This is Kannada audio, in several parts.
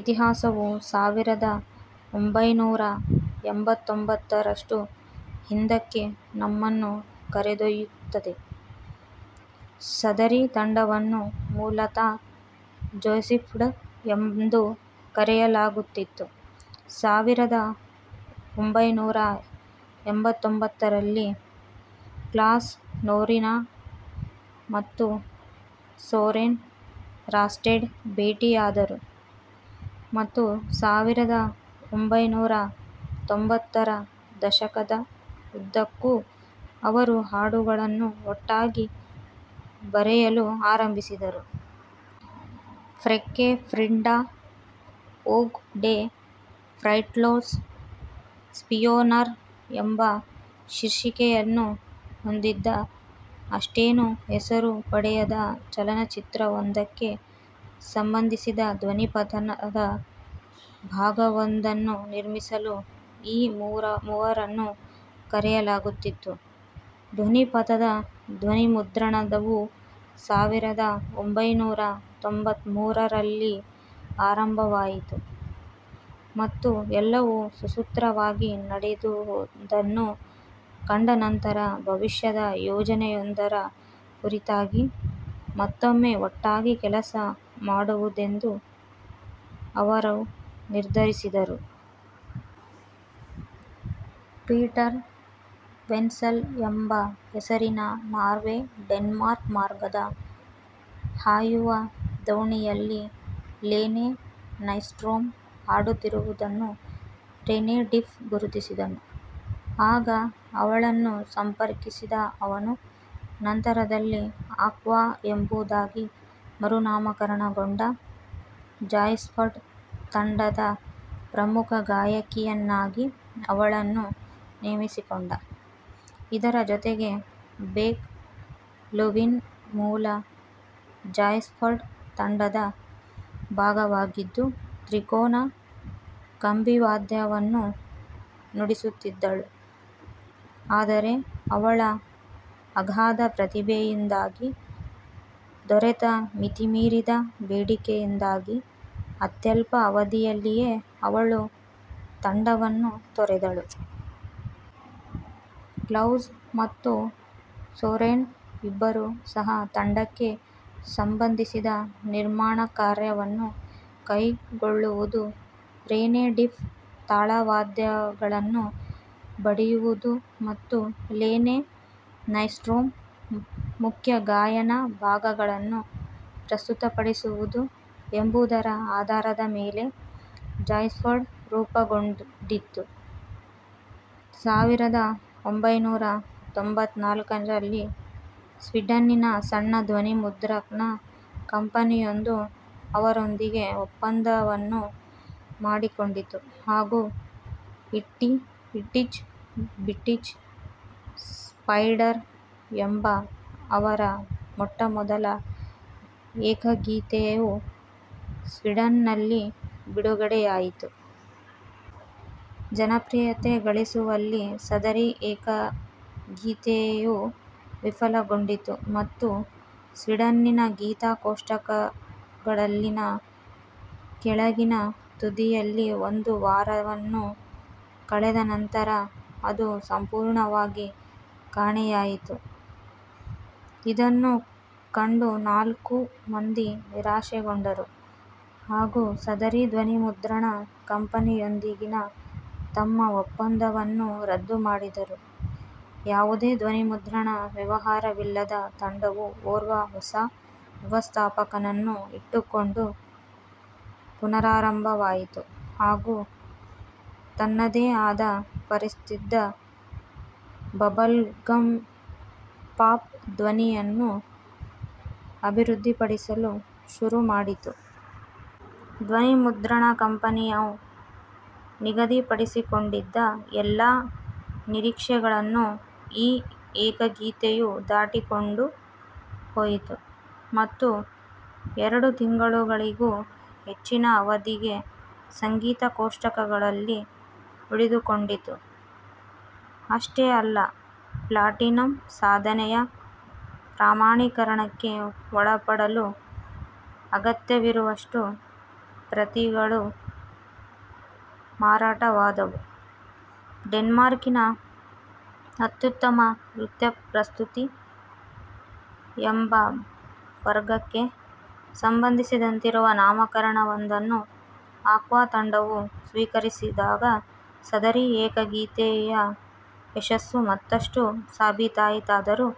ಇತಿಹಾಸವು ಸಾವಿರದ ಒಂಭೈನೂರ ಎಂಬತ್ತೊಂಬತ್ತರಷ್ಟು ಹಿಂದಕ್ಕೆ ನಮ್ಮನ್ನು ಕರೆದೊಯ್ಯುತ್ತದೆ. ಸದರಿ ತಂಡವನ್ನು ಮೂಲತಃ ಜಾಯ್ಸ್ಪೀಡ್ ಎಂದು ಕರೆಯಲಾಗುತ್ತಿತ್ತು. ಸಾವಿರದ ಒಂಭೈನೂರ ಎಂಬತ್ತೊಂಬತ್ತರಲ್ಲಿ ಕ್ಲೌಸ್ ನೊರೀನ್ ಮತ್ತು ಸೋರೆನ್ ರಾಸ್ಟೆಡ್ ಭೇಟಿಯಾದರು, ಮತ್ತು ಸಾವಿರದ ಒಂಭೈನೂರ ತ್ತೊಂಬತ್ತರ ದಶಕದ ಉದ್ದಕ್ಕೂ ಅವರು ಹಾಡುಗಳನ್ನು ಒಟ್ಟಾಗಿ ಬರೆಯಲು ಆರಂಭಿಸಿದರು. ಫ್ರೇಕ್ಕೆ ಫ್ರಿಂಡಾ ಒಗ್ ಡೆ ಫ್ರೈಟ್ಲೋಸ್ ಸ್ಪಿಯೋನರ್ ಎಂಬ ಶೀರ್ಷಿಕೆಯನ್ನು ಹೊಂದಿದ್ದ, ಅಷ್ಟೇನೂ ಹೆಸರು ಪಡೆಯದ ಚಲನಚಿತ್ರವೊಂದಕ್ಕೆ ಸಂಬಂಧಿಸಿದ ಧ್ವನಿಪಥದ ಭಾಗವೊಂದನ್ನು ನಿರ್ಮಿಸಲು ಈ ಮೂವರನ್ನೂ ಕರೆತರಲಾಗಿತ್ತು. ಧ್ವನಿಪಥದ ಧ್ವನಿಮುದ್ರಣವು ಸಾವಿರದ ಒಂಭೈನೂರ ತ್ತೊಂಬತ್ಮೂರರಲ್ಲಿ ಆರಂಭವಾಯಿತು, ಮತ್ತು ಎಲ್ಲವೂ ಸುಸೂತ್ರವಾಗಿ ನಡೆದುದನ್ನು ಕಂಡನಂತರ, ಭವಿಷ್ಯದ ಯೋಜನೆಯೊಂದರ ಕುರಿತಾಗಿ ಮತ್ತೊಮ್ಮೆ ಒಟ್ಟಾಗಿ ಕೆಲಸ ಮಾಡುವುದೆಂದು ಅವರು ನಿರ್ಧರಿಸಿದರು. ಪೀಟರ್ ವೆಸ್ಸೆಲ್ ಎಂಬ ಹೆಸರಿನ ನಾರ್ವೆ–ಡೆನ್ಮಾರ್ಕ್ ಮಾರ್ಗದ ಹಾಯುವ ದೋಣಿಯಲ್ಲಿ ಲೆನೆ ನೈಸ್ಟ್ರೋಮ್ ಹಾಡುತ್ತಿರುವುದನ್ನು ರೆನೆ ಡಿಫ್ ಗುರುತಿಸಿದ. ಆಗ ಅವಳನ್ನು ಸಂಪರ್ಕಿಸಿದ ಅವನು, ನಂತರದಲ್ಲಿ ಆಕ್ವಾ ಎಂಬುದಾಗಿ ಮರುನಾಮಕರಣಗೊಂಡ ಜಾಯ್ಸ್ಪೀಡ್ ತಂಡದ ಪ್ರಮುಖ ಗಾಯಕಿಯನ್ನಾಗಿ ಅವಳನ್ನು ನೇಮಿಸಿಕೊಂಡ. ಇದರ ಜೊತೆಗೆ, ಬೆಕ್ ಲುವೀನ್ ಮೂಲ ಜಾಯ್ಸ್ಪೀಡ್ ತಂಡದ ಭಾಗವಾಗಿದ್ದು, ತ್ರಿಕೋನ ಕಂಬಿವಾದ್ಯವನ್ನು ನುಡಿಸುತ್ತಿದ್ದಳು; ಆದರೆ ಅವಳ ಅಗಾಧ ಪ್ರತಿಭೆಯಿಂದಾಗಿ ದೊರೆತ ಮಿತಿಮೀರಿದ ಬೇಡಿಕೆಯಿಂದಾಗಿ ಅತ್ಯಲ್ಪ ಅವಧಿಯಲ್ಲಿಯೇ ಅವಳು ತಂಡವನ್ನು ತೊರೆದಳು. ಕ್ಲೌಸ್ ಮತ್ತು ಸೋರೆನ್ ಇಬ್ಬರೂ ಸಹ ತಂಡಕ್ಕೆ ಸಂಬಂಧಿಸಿದ ನಿರ್ಮಾಣಕಾರ್ಯವನ್ನು ಕೈಗೊಳ್ಳುವುದು, ರೆನೆ ಡಿಫ್ ತಾಳವಾದ್ಯಗಳನ್ನು ಬಡಿಯುವುದು ಮತ್ತು ಲೆನೆ ನೈಸ್ಟ್ರೋಮ್ ಮುಖ್ಯ ಗಾಯನ ಭಾಗಗಳನ್ನು ಪ್ರಸ್ತುತಪಡಿಸುವುದು ಎಂಬುದರ ಆಧಾರದ ಮೇಲೆ ಜಾಯ್ಸ್ಪೀಡ್ ರೂಪುಗೊಂಡಿತ್ತು. ಸಾವಿರದ ಒಂಭೈನೂರ ತ್ತೊಂಬತ್ನಾಲ್ಕರಲ್ಲಿ ಸ್ವೀಡನ್ನಿನ ಸಣ್ಣ ಧ್ವನಿಮುದ್ರಣ ಕಂಪನಿಯೊಂದು ಅವರೊಂದಿಗೆ ಒಪ್ಪಂದವನ್ನು ಮಾಡಿಕೊಂಡಿತು, ಹಾಗೂ "ಇಟ್ಜಿ ಬಿಟ್ಜಿ ಸ್ಪೈಡರ್" ಎಂಬ ಅವರ ಮೊಟ್ಟಮೊದಲ ಏಕಗೀತೆಯು ಸ್ವೀಡನ್ನಲ್ಲಿ ಬಿಡುಗಡೆಯಾಯಿತು. ಜನಪ್ರಿಯತೆ ಗಳಿಸುವಲ್ಲಿ ಸದರಿ ಏಕಗೀತೆಯು ವಿಫಲಗೊಂಡಿತು ಮತ್ತು ಸ್ವೀಡನ್ನಿನ ಗೀತ-ಕೋಷ್ಟಕಗಳಲ್ಲಿನ ಕೆಳಗಿನ ತುದಿಯಲ್ಲಿ ಒಂದು ವಾರವನ್ನು ಕಳೆದ ನಂತರ ಅದು ಸಂಪೂರ್ಣವಾಗಿ ಕಾಣೆಯಾಯಿತು. ಇದನ್ನು ಕಂಡು ನಾಲ್ಕೂ ಮಂದಿ ನಿರಾಶೆಗೊಂಡರು ಹಾಗೂ ಸದರಿ ಧ್ವನಿಮುದ್ರಣ ಕಂಪನಿಯೊಂದಿಗಿನ ತಮ್ಮ ಒಪ್ಪಂದವನ್ನು ರದ್ದುಮಾಡಿದರು. ಯಾವುದೇ ಧ್ವನಿಮುದ್ರಣ ವ್ಯವಹಾರವಿಲ್ಲದ ತಂಡವು ಓರ್ವ ಹೊಸ ವ್ಯವಸ್ಥಾಪಕನನ್ನು ಇಟ್ಟುಕೊಂಡು ಪುನರಾರಂಭವಾಯಿತು ಹಾಗೂ ತನ್ನದೇ ಆದ ಪ್ರಸಿದ್ಧ ಬಬಲ್ಗಮ್ ಪಾಪ್ ಧ್ವನಿಯನ್ನು ಅಭಿವೃದ್ಧಿಪಡಿಸಲು ಶುರುಮಾಡಿತು. ಧ್ವನಿಮುದ್ರಣ ಕಂಪನಿಯು ನಿಗದಿಪಡಿಸಿಕೊಂಡಿದ್ದ ಎಲ್ಲಾ ನಿರೀಕ್ಷೆಗಳನ್ನು ಈ ಏಕಗೀತೆಯು ದಾಟಿಕೊಂಡು ಹೋಯಿತು, ಮತ್ತು ಎರಡು ತಿಂಗಳುಗಳಿಗೂ ಹೆಚ್ಚಿನ ಅವಧಿಗೆ ಸಂಗೀತ-ಕೋಷ್ಟಕಗಳಲ್ಲಿ ಉಳಿದುಕೊಂಡಿತು. ಅಷ್ಟೇ ಅಲ್ಲ, ಪ್ಲಾಟಿನಂ ಸಾಧನೆಯ ಪ್ರಮಾಣೀಕರಣಕ್ಕೆ ಒಳಪಡಲು ಅಗತ್ಯವಿರುವಷ್ಟು ಪ್ರತಿಗಳು ಮಾರಾಟವಾದವು. "ಡೆನ್ಮಾರ್ಕಿನ ಅತ್ಯುತ್ತಮ ನೃತ್ಯ ಪ್ರಸ್ತುತಿ" ಎಂಬ ವರ್ಗಕ್ಕೆ ಸಂಬಂಧಿಸಿದಂತಿರುವ ನಾಮಕರಣವೊಂದನ್ನು ಆಕ್ವಾ ತಂಡವು ಸ್ವೀಕರಿಸಿದಾಗ ಸದರಿ ಏಕಗೀತೆಯ ಯಶಸ್ಸು ಮತ್ತಷ್ಟು ಸಾಬೀತಾಯಿತಾದರೂ,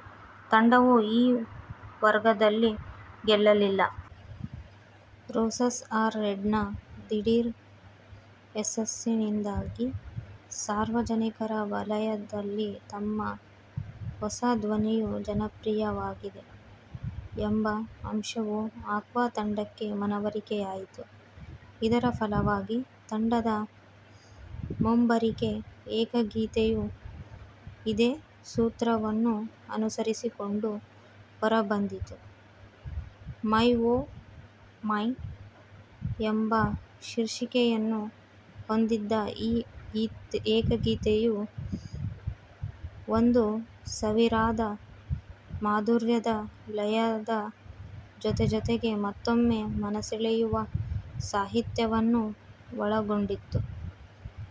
ತಂಡವು ಈ ವರ್ಗದಲ್ಲಿ ಗೆಲ್ಲಲಿಲ್ಲ. "ರೋಸಸ್ ಆರ್ ರೆಡ್"ನ ದಿಢೀರ್ ಯಶಸ್ಸಿನಿಂದಾಗಿ, ಸಾರ್ವಜನಿಕರ ವಲಯದಲ್ಲಿ ತಮ್ಮ ಹೊಸ ಧ್ವನಿಯು ಜನಪ್ರಿಯವಾಗಿದೆ ಎಂಬ ಅಂಶವು ಆಕ್ವಾ ತಂಡಕ್ಕೆ ಮನವರಿಕೆಯಾಯಿತು. ಇದರ ಫಲವಾಗಿ ತಂಡದ ಮುಂಬರಿಕೆ ಏಕಗೀತೆಯು ಇದೇ ಸೂತ್ರವನ್ನು ಅನುಸರಿಸಿಕೊಂಡು ಹೊರಬಂದಿತು. "ಮೈ ಓಹ್ ಮೈ" ಎಂಬ ಶೀರ್ಷಿಕೆಯನ್ನು ಹೊಂದಿದ್ದ ಈ ಏಕಗೀತೆಯು, ಒಂದು ನವಿರಾದ, ಮಾಧುರ್ಯದ ಲಯದ ಜೊತೆಜೊತೆಗೆ ಮತ್ತೊಮ್ಮೆ ಮನಸೆಳೆಯುವ ಸಾಹಿತ್ಯವನ್ನು ಒಳಗೊಂಡಿತ್ತು.